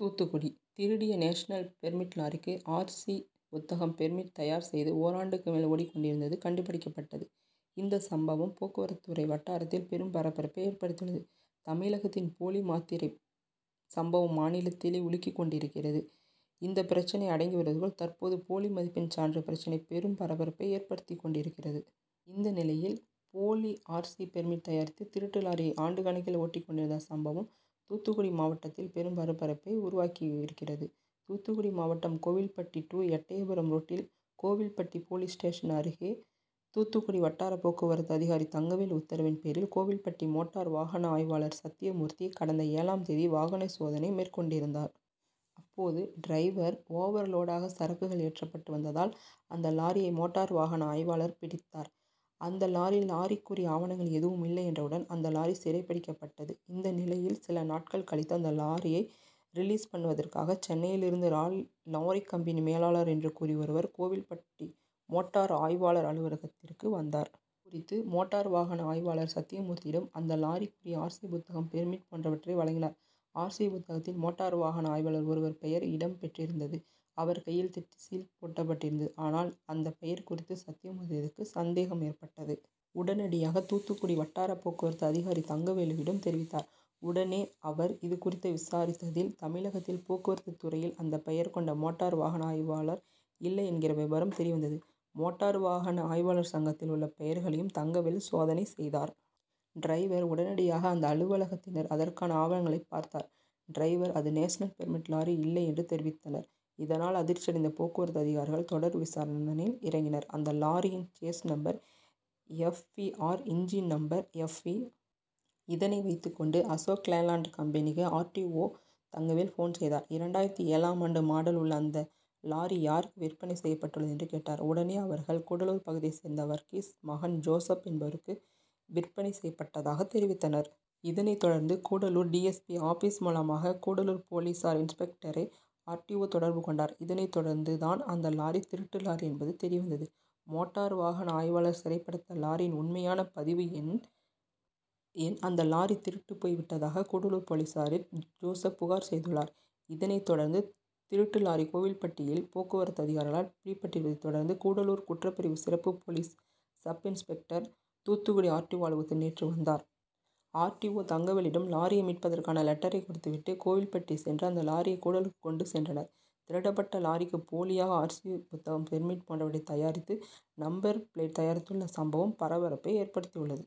தூத்துக்குடி திருடிய national permit லாரிக்கு R. C புத்தகம் பெர்மிட் தயார் செய்து ஓராண்டுக்கு மேல் ஓடிக் கொண்டிருந்தது கண்டுபிடிக்கப்பட்டது. இந்த சம்பவம் போக்குவரத்துறை வட்டாரத்தில் பெரும் பரபரப்பை ஏற்படுத்தியுள்ளது. தமிழகத்தில் போலி மாத்திரை சம்பவம் மாநிலத்தையே உலுக்கி கொண்டிருந்தது. இந்த பிரச்னை அடங்கி வருவதற்குள் தற்போது போலி மதிப்பெண் சான்று பிரச்னை பெரும் பரபரப்பை ஏற்படுத்தி கொண்டிருக்கிறது. இந்த நிலையில் போலி ஆர். சி. பெர்மிட் தயாரித்து திருட்டு லாரியை ஆண்டுக் கணக்கில் ஓட்டி கொண்டிருந்த சம்பவம் தூத்துக்குடி மாவட்டத்தில் பெரும் பரபரப்பை உருவாக்கி இருக்கிறது. தூத்துக்குடி மாவட்டம் கோவில்பட்டி டூ எட்டயபுரம் ரோட்டில் கோவில்பட்டி போலீஸ் ஸ்டேஷன் அருகே தூத்துக்குடி வட்டார போக்குவரத்து அதிகாரி தங்கவேல் உத்தரவின் பேரில் கோவில்பட்டி மோட்டார் வாகன ஆய்வாளர் சத்தியமூர்த்தி கடந்த ஏழாம் தேதி வாகன சோதனை மேற்கொண்டிருந்தார். அப்போது டி. ஓவர் லோடாக சரக்குகள் ஏற்றப்பட்டு வந்ததால் அந்த லாரியை மோட்டார் வாகன ஆய்வாளர் பிடித்தார். அந்த லாரியில் லாரிக்குரிய ஆவணங்கள் எதுவும் இல்லை என்றவுடன் அந்த லாரி சிறைப்பிடிக்கப்பட்டது. இந்த நிலையில் சில நாட்கள் கழித்து அந்த லாரியை ரிலீஸ் பண்ணுவதற்காக சென்னையில் இருந்து லாரி கம்பெனியின் மேலாளர் என்று கூறி ஒருவர் கோவில்பட்டி மோட்டார் வாகன ஆய்வாளர் அலுவலகத்திற்கு வந்தார். இது குறித்து மோட்டார் வாகன ஆய்வாளர் சத்தியமூர்த்தியிடம் அந்த லாரிக்குரிய ஆர். சி புத்தகம் பெர்மிட் போன்றவற்றை வழங்கினார். ஆர். சி. புத்தகத்தில் மோட்டார் வாகன ஆய்வாளர் ஒருவர் பெயர் இடம் பெற்றிருந்தது. அவர் கையெழுத்திட்டு சீல் போடப்பட்டிருந்தது. ஆனால் அந்த பெயர் குறித்து சத்தியமூர்த்திக்கு சந்தேகம் ஏற்பட்டது. உடனடியாக தூத்துக்குடி வட்டார போக்குவரத்து அதிகாரி தங்கவேலுவிடம் தெரிவித்தார். உடனே அவர் இது குறித்த விசாரித்ததில் தமிழகத்தில் போக்குவரத்துதுறையில் அந்த பெயர் கொண்ட மோட்டார் வாகன ஆய்வாளர் இல்லை என்கிற விபரம் தெரியவந்தது. மோட்டார் வாகன ஆய்வாளர் சங்கத்தில் உள்ள பெயர்களையும் தங்கவேல் சோதனை செய்தார். டி. உடனடியாக அந்த அலுவலகத்தினர் அதற்கான ஆவணங்களை பார்த்தனர். டி. அது நேஷனல் பெர்மிட் லாரி இல்லை என்று தெரிவித்தனர். இதனால் அதிர்ச்சியடைந்த போக்குவரத்து அதிகாரிகள் தொடர் விசாரணையில் இறங்கினர். அந்த லாரியின் chassis number F. B. R, engine number F. B. இதனை வைத்துக் கொண்டு அசோக்லைலென்ட் கம்பெனிக்கு R. T. O Thangavel phone செய்தார். இரண்டாயிரத்து ஏழாம் ஆண்டு மாடல் உள்ள அந்த லாரி யாருக்கு விற்பனை செய்யப்பட்டுள்ளது என்று கேட்டார். உடனே அவர்கள் கூடலூர் பகுதியை சேர்ந்த வர்கீஸ் மகன் ஜோசப் என்பவருக்கு விற்பனை செய்யப்பட்டதாக தெரிவித்தனர். இதனை தொடர்ந்து Gudalur D. S. P office மூலமாக கூடலூர் போலீஸ் இன்ஸ்பெக்டரை ஆர். டி. ஓ தொடர்பு கொண்டார். இதனை தொடர்ந்து தான் அந்த லாரி திருட்டு லாரி என்பது தெரியவந்தது. மோட்டார் வாகன ஆய்வாளர் சிறைபிடித்த லாரியின் உண்மையான பதிவு எண் டி. என். அந்த லாரி திருட்டு போய் விட்டதாக கூடலூர் போலீசில் ஜோசப் புகார் செய்துள்ளார். இதனை தொடர்ந்து திருட்டு லாரி கோவில்பட்டியில் போக்குவரத்து அதிகாரிகளால் பிடிபட்டிருப்பதை தொடர்ந்து கூடலூர் குற்றப்பிரிவு சிறப்பு police sub inspector Thoothukudi R. T. O அலுவலகத்திற்கு நேற்று வந்தார். ஆர். டி. ஓ தங்கவேலிடம் லாரியை மீட்பதற்கான லட்டரை கொடுத்து விட்டு கோவில்பட்டி சென்று அந்த லாரியை கூடலூருக்கு கொண்டு சென்றனர். திருடப்பட்ட லாரிக்கு போலியாக ஆர். சி புத்தகம் பெர்மிட் போன்றவற்றை தயாரித்து நம்பர் பிளேட் தயாரித்துள்ள சம்பவம் பரபரப்பை ஏற்படுத்தியுள்ளது.